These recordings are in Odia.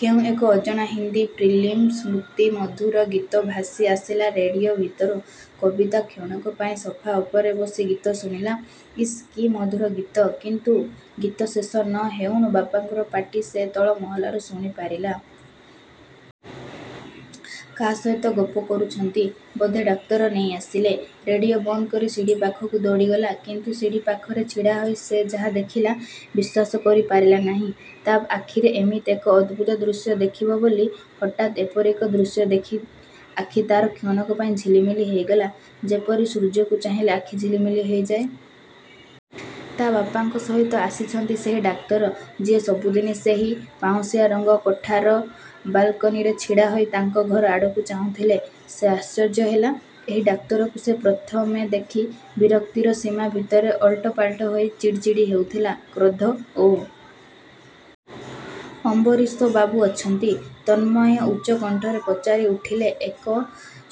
କେଉଁ ଏକ ଅଜଣା ହିନ୍ଦୀ ଫିଲିମ୍ର ସ୍ମୃତି ମଧୁର ଗୀତ ଭାସି ଆସିଲା ରେଡ଼ିଓ ଭିତରୁ। କବିତା କ୍ଷଣକ ପାଇଁ ସୋଫା ଉପରେ ବସି ଗୀତ ଶୁଣିଲା। ଇସ୍ କି ମଧୁର ଗୀତ। କିନ୍ତୁ ଗୀତ ଶେଷ ନ ହେଉଣୁ ବାପାଙ୍କର ପାଟି ସେ ତଳ ମହଲାରୁ ଶୁଣି ପାରିଲା। କାହା ସହିତ ଗପ କରୁଛନ୍ତି? ବୋଧେ ଡାକ୍ତର ନେଇ ଆସିଲେ। ରେଡ଼ିଓ ବନ୍ଦ କରି ସିଡ଼ି ପାଖକୁ ଦୌଡ଼ିଗଲା। କିନ୍ତୁ ସିଡ଼ି ପାଖରେ ଛିଡ଼ାହୋଇ ସେ ଯାହା ଦେଖିଲା, ବିଶ୍ୱାସ କରିପାରିଲା ନାହିଁ, ତା' ଆଖିରେ ଏମିତି ଏକ ଅଦ୍ଭୁତ ଦୃଶ୍ୟ ଦେଖିବ ବୋଲି। ହଠାତ୍ ଏପରି ଏକ ଦୃଶ୍ୟ ଦେଖି ଆଖି ତା'ର କ୍ଷଣକ ପାଇଁ ଝିଲି ମିଲି ହୋଇଗଲା, ଯେପରି ସୂର୍ଯ୍ୟକୁ ଚାହିଁଲେ ଆଖି ଝିଲି ମିଲି ହୋଇଯାଏ। ତା' ବାପାଙ୍କ ସହିତ ଆସିଛନ୍ତି ସେହି ଡାକ୍ତର, ଯିଏ ସବୁଦିନେ ସେହି ପାଉଁଶିଆ ରଙ୍ଗ କୋଠାର ବାଲକୋନିରେ ଛିଡ଼ା ହୋଇ ତାଙ୍କ ଘର ଆଡ଼କୁ ଚାହୁଁଥିଲେ। ସେ ଆଶ୍ଚର୍ଯ୍ୟ ହେଲା। ଏହି ଡାକ୍ତରକୁ ସେ ପ୍ରଥମେ ଦେଖି ବିରକ୍ତିର ସୀମା ଭିତରେ ଓଲଟ ପାଲଟ ହୋଇ ଚିଡ଼ି ଚିଡ଼ି ହେଉଥିଲା, କ୍ରୋଧ ଓ। 'ଅମ୍ବରୀଶବାବୁ ଅଛନ୍ତି? ' ତନ୍ମୟ ଉଚ୍ଚକଣ୍ଠରେ ପଚାରି ଉଠିଲେ। ଏକ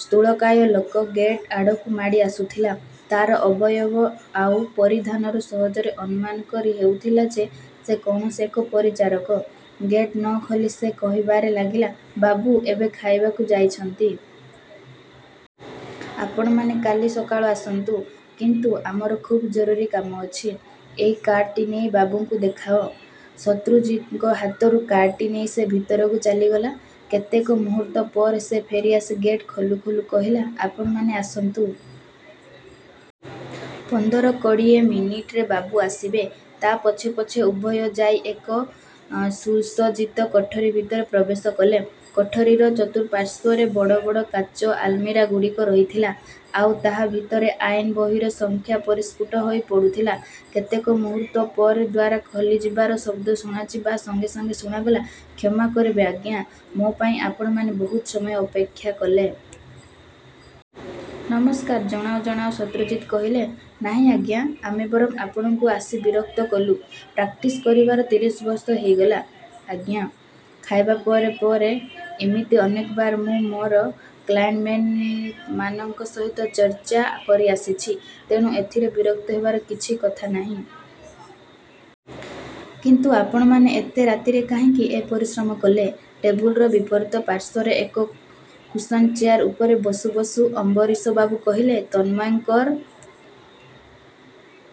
ସ୍ଥୂଳକାୟ ଲୋକ ଗେଟ୍ଆଡ଼କୁ ମାଡ଼ିଆସୁଥିଲା। ତା'ର ଅବୟବ ଆଉ ପରିଧାନରୁ ସହଜରେ ଅନୁମାନ କରି ହେଉଥିଲା ଯେ ସେ କୌଣସି ଏକ ପରିଚାରକ। ଗେଟ୍ ନ ଖୋଲି ସେ କହିବାରେ ଲାଗିଲା, 'ବାବୁ ଏବେ ଖାଇବାକୁ ଯାଇଛନ୍ତି। ଆପଣମାନେ କାଲି ସକାଳୁ ଆସନ୍ତୁ। ' 'କିନ୍ତୁ ଆମର ଖୁବ୍ ଜରୁରୀ କାମ ଅଛି। ଏଇ କାର୍ଡ଼ଟି ନେଇ ବାବୁଙ୍କୁ ଦେଖାଅ। ' ଶତ୍ରୁଜିତଙ୍କ ହାତରୁ କାର୍ଡ଼ଟି ନେଇ ସେ ଭିତରକୁ ଚାଲିଗଲା। କେତେକ ମୁହୂର୍ତ୍ତ ପରେ ସେ ଫେରିଆସି ଗେଟ୍ ଖୋଲୁ ଖୋଲୁ କହିଲା, 'ଆପଣମାନେ ଆସନ୍ତୁ। ପନ୍ଦର କୋଡ଼ିଏ ମିନିଟ୍ପରେ ବାବୁ ଆସିବେ। ' ତା ପଛେ ପଛେ ଉଭୟ ଯାଇ ଏକ ସୁସଜ୍ଜିତ କୋଠରି ଭିତରେ ପ୍ରବେଶ କଲେ। କୋଠରିର ଚତୁଃପାର୍ଶ୍ୱରେ ବଡ଼ ବଡ଼ କାଚ ଆଲମିରାଗୁଡ଼ିକ ରହିଥିଲା। ଆଉ ତାହା ଭିତରେ ଆଇନ ବହିର ସଂଖ୍ୟା ପରିସ୍ଫୁଟ ହୋଇପଡ଼ୁଥିଲା। କେତେକ ମୁହୂର୍ତ୍ତ ପରେ ଦ୍ୱାର ଖୋଲିଯିବାର ଶବ୍ଦ ଶୁଣାଯିବା ସଙ୍ଗେ ସଙ୍ଗେ ଶୁଣାଗଲା, 'କ୍ଷମା କରିବେ ଆଜ୍ଞା, ମୋ ପାଇଁ ଆପଣମାନେ ବହୁତ ସମୟ ଅପେକ୍ଷା କଲେ। ' ନମସ୍କାର ଜଣାଉ ଜଣାଉ ଶତ୍ରୁଜିତ କହିଲେ, ନାହିଁ ଆଜ୍ଞା, ଆମେ ବରଂ ଆପଣଙ୍କୁ ଆସି ବିରକ୍ତ କଲୁଁ। ପ୍ରାକ୍ଟିସ କରିବାର ତିରିଶ ବର୍ଷ ହେଇଗଲା, ଆଜ୍ଞା! ଖାଇବା ପରେ ପରେ ଇମିତି ଅନେକବାର ମୁଁ ମୋର କ୍ଲାଏଣ୍ଟମାନଙ୍କ ସହିତ ଚର୍ଚ୍ଚା କରିଆସିଛି। ତେଣୁ ଏଥିରେ ବିରକ୍ତ ହେବାର କିଛି କଥା ନାହିଁ। କିନ୍ତୁ ଆପଣମାନେ ଏତେ ରାତିରେ କାହିଁକି ଏ ପରିଶ୍ରମ କଲେ? ଟେବୁଲର ବିପରୀତ ପାର୍ଶ୍ୱରେ ଏକ କୁସନ ଚେୟାର ଉପରେ ବସୁ ବସୁ ଅମ୍ବରୀଶବାବୁ କହିଲେ। ତନ୍ମୟଙ୍କର